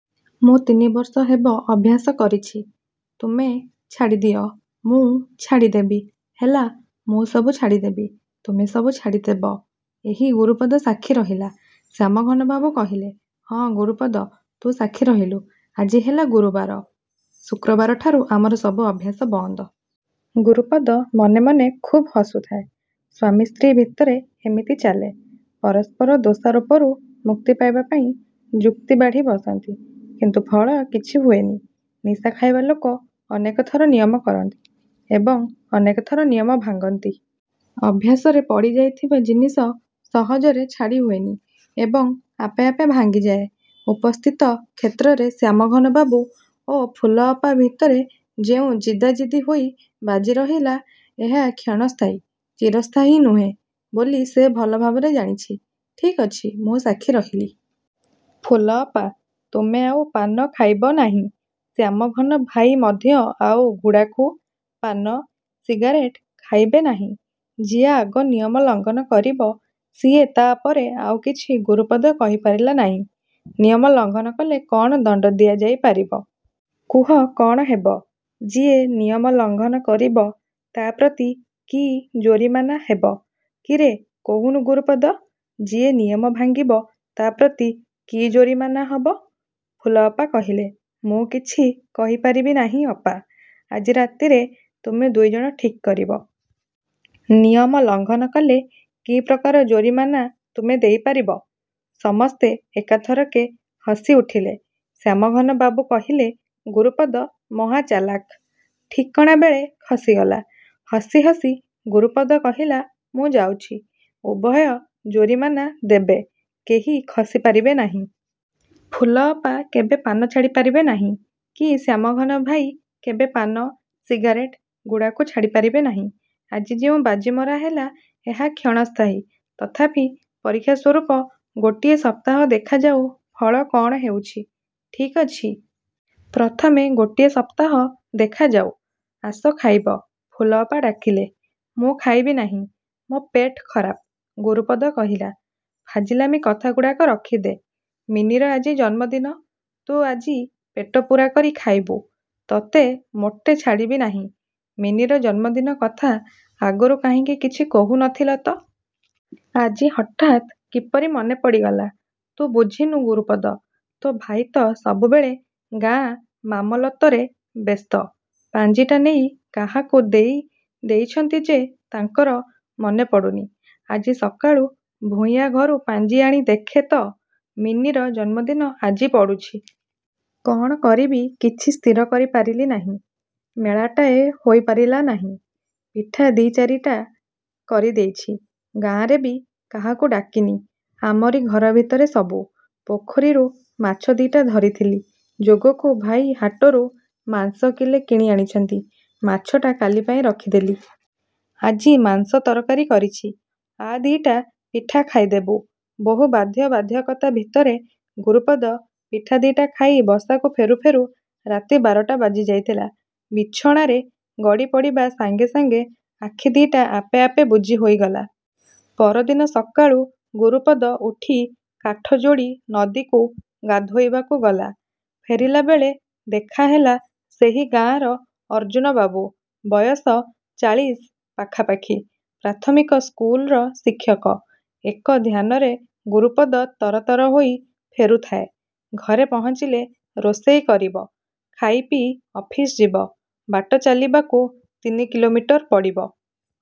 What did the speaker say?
ମୁଁ ତିନି ବର୍ଷ ହେବ ଅଭ୍ୟାସ କରିଛି। ତୁମେ ଛିଡ଼ିଦିଅ, ମୁଁ ଛାଡ଼ିଦେବି। ହେଲା ମୁଁ ସବୁ ଛାଡ଼ିଦେବି। ତୁମେ ସବୁ ଛାଡ଼ିଦେବ? ଏହି ଗୁରୁପଦ ସାକ୍ଷୀ ରହିଲା, ଶ୍ୟାମଘନବାବୁ କହିଲେ। ହଁ ଗୁରୁପଦ ତୁ ସାକ୍ଷୀ ରହିଲୁ। ଆଜି ହେଲା ଗୁରୁବାର, ଶୁକ୍ରବାରଠାରୁ ଆମର ସବୁ ଅଭ୍ୟାସ ବନ୍ଦ। ଗୁରୁପଦ ମନେ ମନେ ଖୁବ୍ ହସୁଥାଏ। ସ୍ୱାମୀ ସ୍ତ୍ରୀ ଭିତରେ ଏମିତି ଚାଲେ। ପରସ୍ପର ଦୋଷାରୋପରୁ ମୁକ୍ତି ପାଇବା ପାଇଁ ଯୁକ୍ତି ବାଢ଼ି ବସନ୍ତି। କିନ୍ତୁ ଫଳ କିଛି ହୁଏନି। ନିଶା ଖାଇବା ଲୋକ ଅନେକ ଥର ନିୟମ କରନ୍ତି ଏବଂ ଅନେକ ଥର ନିୟମ ଭାଙ୍ଗନ୍ତି। ଅଭ୍ୟାସରେ ପଡ଼ିଯାଇଥିବା ଜିନିଷ ସହଜରେ ଛାଡ଼ି ହୁଏନି ଏବଂ ଆପେ ଆପେ ଭାଙ୍ଗିଯାଏ। ଉପସ୍ଥିତ କ୍ଷେତ୍ରରେ ଶ୍ୟାମଘନବାବୁ ଓ ଫୁଲଅପା ଭିତରେ ଯେଉଁ ଜିଦା ଜିଦି ହୋଇ ବାଜି ରହିଲା, ଏହା କ୍ଷଣସ୍ଥାୟୀ, ଚିରସ୍ଥାୟୀ ନୁହେଁ ବୋଲି ସେ ଭଲ ଭାବରେ ଜାଣିଛି। ଠିକ୍ ଅଛି ମୁଁ ସାକ୍ଷୀ ରହିଲି। ଫୁଲଅପା ତୁମେ ଆଉ ପାନ ଖାଇବ ନାହିଁ। ଶ୍ୟାମଘନ ଭାଇ ମଧ୍ୟ ଆଉ ଗୁଡ଼ାଖୁ, ପାନ, ସିଗାରେଟ ଖାଇବେ ନାହିଁ। ଯିଏ ଆଗ ନିୟମ ଲଙ୍ଗନ କରିବ ସିଏ ତା' ପରେ ଆଉ କିଛି ଗୁରୁପଦ କହିପାରିଲା ନାହିଁ। ନିୟମ ଲଙ୍ଘନ କଲେ କ'ଣ ଦଣ୍ଡ ଦିଆ ଯାଇ ପାରିବ। କୁହ କ'ଣ ହେବ? ଯିଏ ନିୟମ ଲଙ୍ଘନ କରିବ ତା' ପ୍ରତି କି ଜୋରିମାନା ହେବ? କିରେ କହୁନୁ ଗୁରୁପଦ। ଯିଏ ନିୟମ ଭାଙ୍ଗିବ ତା' ପ୍ରତି କି ଜୋରିମାନା ହେବ? ଫୁଲଅପା କହିଲେ। ମୁଁ କିଛି କହିପାରିବି ନାହିଁ ଅପା। ଆଜି ରାତିରେ ତୁମେ ଦୁଇଜଣ ଠିକ୍ କରିବ। ନିୟମ ଲଙ୍ଘନ କଲେ କି ପ୍ରକାର ଜୋରିମାନା ତୁମେ ଦେଇ ପାରିବ। ସମସ୍ତେ ଏକା ଥରକେ ହସି ଉଠିଲେ। ଶ୍ୟାମଘନବାବୁ କହିଲେ ଗୁରୁପଦ ମହା ଚାଲାଖ। ଠିକଣା ବେଳେ ଖସିଗଲା। ହସି ହସି ଗୁରୁପଦ କହିଲା ମୁଁ ଯାଉଛି। ଉଭୟ ଜୋରିମାନା ଦେବେ କେହି ଖସି ପାରିବେ ନାହିଁ। ଫୁଲଅପା କେବେ ପାନ ଛାଡ଼ି ପାରିବେ ନାହିଁ, କି ଶ୍ୟାମଘନ ଭାଇ କେବେ ପାନ, ସିଗାରେଟ୍ ଗୁଡ଼ାଖୁ ଛାଡ଼ି ପାରିବେ ନାହିଁ। ଆଜି ଯେଉଁ ବାଜି ମରା ହେଲା ଏହା କ୍ଷଣସ୍ଥାୟୀ। ତଥାପି ପରୀକ୍ଷା ସ୍ୱରୂପ ଗୋଟିଏ ସପ୍ତାହ ଦେଖାଯାଉ ଫଳ କ'ଣ ହେଉଛି। ଠିକ୍ ଅଛି। ପ୍ରଥମେ ଗୋଟିଏ ସପ୍ତାହ ଦେଖାଯାଉ, ଆସ ଖାଇବ, ଫୁଲଅପା ଡାକିଲେ। ମୁଁ ଖାଇବି ନାହିଁ। ମୋ ପେଟ୍ ଖରାପ, ଗୁରୁପଦ କହିଲା। ଫାଜିଲାମି କଥାଗୁଡ଼ାକ ରଖିଦେ। ମିନିର ଆଜି ଜନ୍ମଦିନ ତୁ ଆଜି ପେଟ ପୂରା କରି ଖାଇବୁ। ତୋତେ ମୋଟେ ଛାଡ଼ିବି ନାହିଁ। ମିନିର ଜନ୍ମଦିନ କଥା ଆଗରୁ କାହିଁକି କିଛି କହୁ ନ ଥିଲ ତ? ଆଜି ହଠାତ୍ କିପରି ମନେ ପଡ଼ିଗଲା। ତୁ ବୁଝିନୁ ଗୁରୁପଦ! ତୋ ଭାଇ ତ ସବୁବେଳେ ଗାଁ ମାମଲତରେ ବ୍ୟସ୍ତ। ପାଞ୍ଜିଟା ନେଇ କାହାକୁ ଦେଇ ଦେଇଛନ୍ତି ଯେ, ତାଙ୍କର ମନେ ପଡ଼ୁନି। ଆଜି ସକାଳୁ ଭୂୟାଁ ଘରୁ ପାଞ୍ଜି ଆଣି ଦେଖେ ତ ମିନିର ଜନ୍ମଦିନ ଆଜି ପଡ଼ୁଛି। କ'ଣ କରିବି କିଛି ସ୍ଥିର କରିପାରିଲି ନାହିଁ। ମେଳାଟାଏ ହୋଇପାରିଲା ନାହିଁ। ପିଠା ଦି'ଚାରିଟା କରି ଦେଇଛି। ଗାଁରେ ବି କାହାକୁ ଡାକିନି। ଆମରି ଘର ଭିତରେ ସବୁ। ପୋଖରୀରୁ ମାଛ ଦି'ଟା ଧରିଥିଲି। ଯୋଗକୁ ଭାଇ ହାଟରୁ ମାଂସ କିଲେ କିଣି ଆଣିଛନ୍ତି। ମାଛଟା କାଲି ପାଇଁ ରଖିଦେଲି। ଆଜି ମାଂସ ତରକାରୀ କରିଛି। ଆ ଦି'ଟା ପିଠା ଖାଇଦେବୁ। ବହୁ ବାଧ୍ୟ ବାଧ୍ୟକତା ଭିତରେ ଗୁରୁପଦ ପିଠା ଦି'ଟା ଖାଇ ବସାକୁ ଫେରୁ ଫେରୁ ରାତି ବାରଟା ବାଜି ଯାଇଥିଲା। ବିଛଣାରେ ଗଡ଼ି ପଡ଼ିବା ସାଙ୍ଗେ ସାଙ୍ଗେ ଆଖି ଦି'ଟା ଆପେ ଆପେ ବୁଜି ହୋଇଗଲା। ପରଦିନ ସକାଳୁ ଗୁରୁପଦ ଉଠି କାଠଯୋଡ଼ି ନଦୀକୁ ଗାଧୋଇବାକୁ ଗଲା। ଫେରିଲାବେଳେ ଦେଖାହେଲା ସେହି ଗାଁର ଅର୍ଜ୍ଜୁନବାବୁ। ବୟସ ଚାଳିଶ ପାଖାପାଖି। ପ୍ରାଥମିକ ସ୍କୁଲର ଶିକ୍ଷକ। ଏକ ଧ୍ୟାନରେ ଗୁରୁପଦ ତର ତର ହୋଇ ଫେରୁଥାଏ। ଘରେ ପହଞ୍ଚିଲେ ରୋଷେଇ କରିବ। ଖାଇ ପିଇ ଅଫିସ ଯିବ। ବାଟ ଚାଲିବାକୁ ତିନି କିଲୋମିଟର ପଡ଼ିବ।